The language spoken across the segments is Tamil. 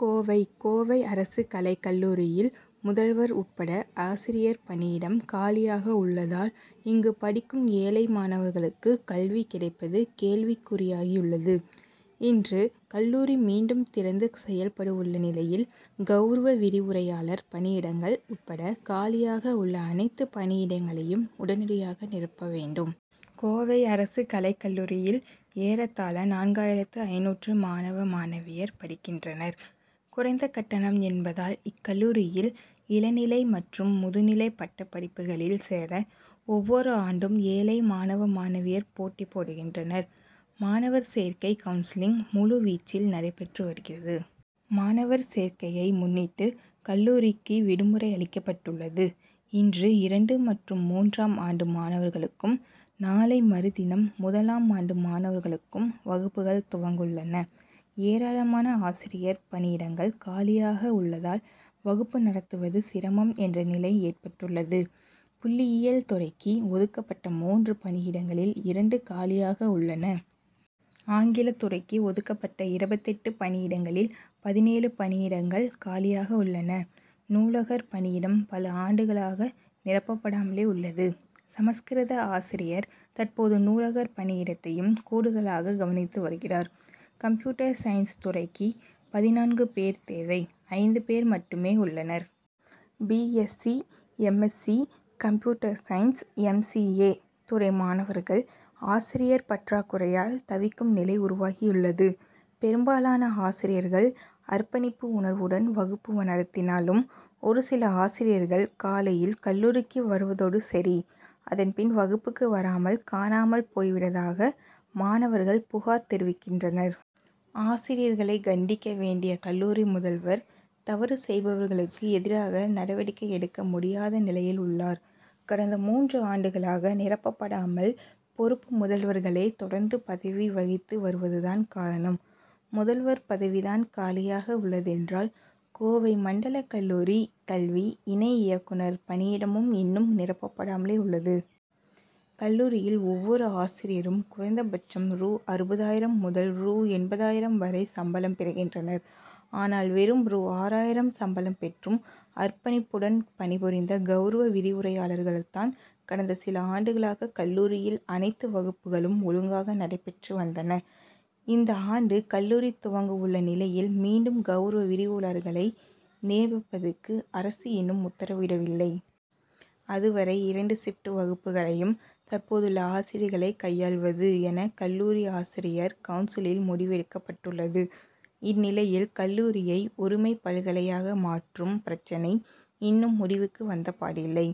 கோவை கோவை அரசு கலைக் கல்லூரியில் முதல்வர் உட்பட ஆசிரியர் பணியிடம் காலியாக உள்ளதால், இங்கு படிக்கும் ஏழை மாணவர்களுக்கு கல்வி கிடைப்பது கேள்விக்குறியாகியுள்ளது. இன்று கல்லூரி மீண்டும் திறந்து செயல்படவுள்ள நிலையில், கவுரவ விரிவுரையாளர் பணியிடங்கள் உட் பட காலியாக உள்ள அனைத்து பணியிடங்களையும் உடனடியாக நிரப்ப வேண்டும். கோவை அரசு கலைக் கல்லூரியில் ஏறத்தாழ நான்காயிரத்து ஐந்நூற்று மாணவ மாணவியர் படிக்கின்றனர். குறைந்த கட்டணம் என்பதால் இக்கல்லூரியில் இளநிலை மற்றும் முதுநிலை பட்டப்படிப்புகளில் சேர ஒவ்வொரு ஆண்டும் ஏழை மாணவ மாணவியர் போட்டி போடுகின்றனர். மாணவர் சேர்க்கை கவுன்சிலிங் முழு வீச்சில் நடைபெற்று வருகிறது. மாணவர் சேர்க்கையை முன்னிட்டு கல்லூரிக்கு விடுமுறை அளிக்கப்பட் டுள்ளது. இன்று இரண்டு மற்றும் மூன்றாம் ஆண்டு மாணவர்களுக்கும், நாளை மறுதினம் முதலாம் ஆண்டு மாணவர்களுக்கும் வகுப்புகள் துவங்கவுள்ளன. ஏராளமான ஆசிரியர் பணியிடங்கள் காலியாக உள்ளதால் வகுப்பு நடத்துவது சிரமம் என்ற நிலை ஏற்பட்டுள்ளது. புள்ளியியல் துறைக்கு ஒதுக்கப்பட்ட மூன்று பணியிடங்களில் இரண்டு காலியாக உள்ளன. ஆங்கில துறைக்கு ஒதுக் கப்பட்ட இருபத்தெட்டு பணியிடங்களில் பதினேழு பணியிடங்கள் காலியாக உள்ளன. நூலகர் பணியிடம் பல ஆண்டுகளாக நிரப்பப்படாமலே உள்ளது. சமஸ்கிருத ஆசிரியர் தற்போது நூலகர் பணியிடத்தையும் கூடுதலாக கவனித்து வருகிறார். கம்ப்யூட்டர் சயின்ஸ் துறைக்கு பதினான்கு பேர் தேவை. ஐந்து பேர் மட்டுமே உள்ளனர். B. S. C., M. S. C., computer science, M. C. A., துறை மாணவர்கள், ஆசிரியர் பற்றாக்குறையால் தவிக்கும் நிலை உருவாகியுள்ளது. பெரும்பாலான ஆசிரியர்கள், அர்ப்பணிப்பு உணர்வுடன் வகுப்பு நடத்தினாலும், ஒரு சில ஆசிரியர்கள் காலையில் கல்லூரிக்கு வருவதோடு சரி. அதன் பின் வகுப்புக்கு வராமல் காணாமல் போய் விடுவதாக மாணவர்கள் புகார் தெரிவிக்கின்றனர். ஆசிரியர்களை கண்டிக்க வேண்டிய கல்லூரி முதல்வர், தவறு செய்பவர்களுக்கு எதிராக நடவடிக்கை எடுக்க முடியாத நிலையில் உள்ளார். கடந்த மூன்று ஆண்டுகளாக நிரப்பப்படாமல் பொறுப்பு முதல்வர்களே தொடர்ந்து பதவி வகித்து வருவதுதான் காரணம். முதல்வர் பதவிதான் காலியாக உள்ளதென்றால், கோவை மண்டல கல்லூரி கல்வி இணை இயக்குனர் பணியிடமும் இன்னும் நிரப்பப்படாமலே உள்ளது. கல்லூரியில் ஒவ்வொரு ஆசிரியரும் குறைந்தபட்சம் ரூ.அறுபதாயிரம் முதல் ரூ.எண்பதாயிரம் வரை சம்பளம் பெறுகின்றனர். ஆனால் வெறும் ரூ.ஆறாயிரம் சம்பளம் பெற்றும் அர்ப்பணிப்புடன் பணிபுரிந்த கவுரவ விரிவுரையாளர்களால்தான் கடந்த சில ஆண்டுகளாக கல்லூரியில் அனைத்து வகுப்புகளும் ஒழுங்காக நடைபெற்று வந்தன. இந்த ஆண்டு கல்லூரி துவங்கவுள்ள நிலையில், மீண்டும் கவுரவ விரிவுரையாளர்களை நியமிப்பதற்கு அரசு இன்னும் உத்தரவிடவில்லை. அதுவரை இரண்டு ஷிப்டு வகுப்புகளையும் தற்போதுள்ள ஆசிரியர்களே கையாள்வது என கல்லூரி ஆசிரியர் கவுன்சிலில் முடிவு எடுக்கப்பட் டுள்ளது. இந்நிலையில், கல்லூரியை ஒருமை பல்கலையாக மாற்றும் பிரச்னை இன்னும் முடிவுக்கு வந்தபாடில்லை.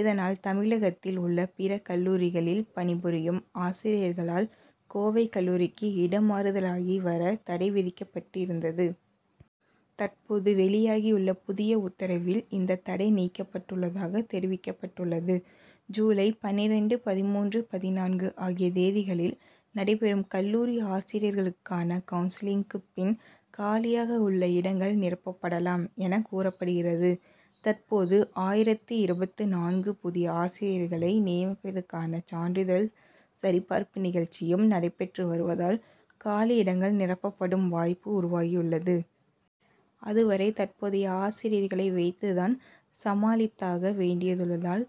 இதனால் தமிழகத்தில் உள்ள பிற கல்லூரிகளில் பணிபுரியும் ஆசிரியர்களால் கோவை கல்லூரிக்கு இடமாறுதலாகி வர தடை விதிக்கப்பட்டு இருந்தது. தற்போது வெளியாகியுள்ள புதிய உத்தரவில் இந்த தடை நீக்கப்பட்டுள்ளதாக தெரிவிக்கப்பட்டுள்ளது. ஜூலை பன்னிரண்டு, பதின்மூன்று, பதினான்கு ஆகிய தேதிகளில் நடைபெறும் கல்லூரி ஆசிரியர்களுக்கான கவுன்சிலிங்குக்குப் பின், காலியாக உள்ள இடங்கள் நிரப்பப்படலாம் என கூறப்படுகிறது. தற்போது ஆயிரத்து இருபத்து நான்கு புதிய ஆசிரியர்களை நியமிப்பதற்கான சான்றிதழ் சரிபார்ப்பு நிகழ்ச்சியும் நடைபெற்று வருவதால் காலியிடங்கள் நிரப்பப்படும் வாய்ப்பு உருவாகியுள்ளது. அதுவரை தற்போதைய ஆசிரியர்களை வைத்துதான் சமாளித்தாக வேண்டியதுள்ளதால்,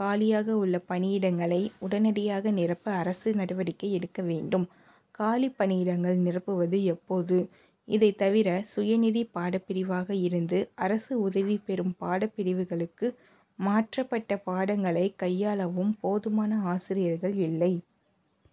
காலியாக உள்ள பணியிடங்களை உடனடியாக நிரப்ப அரசு நடவடிக்கை எடுக்க வேண்டும். காலி பணியிடங்கள் நிரப்புவது எப்போது? இதைத் தவிர, சுயநிதி பாடப்பிரிவாக இருந்து அரசு உதவி பெறும் பாடப் பிரிவுகளுக்கு மாற்றப்பட்ட பாடங்களை கையாளவும் போதுமான ஆசிரியர்கள் இல்லை.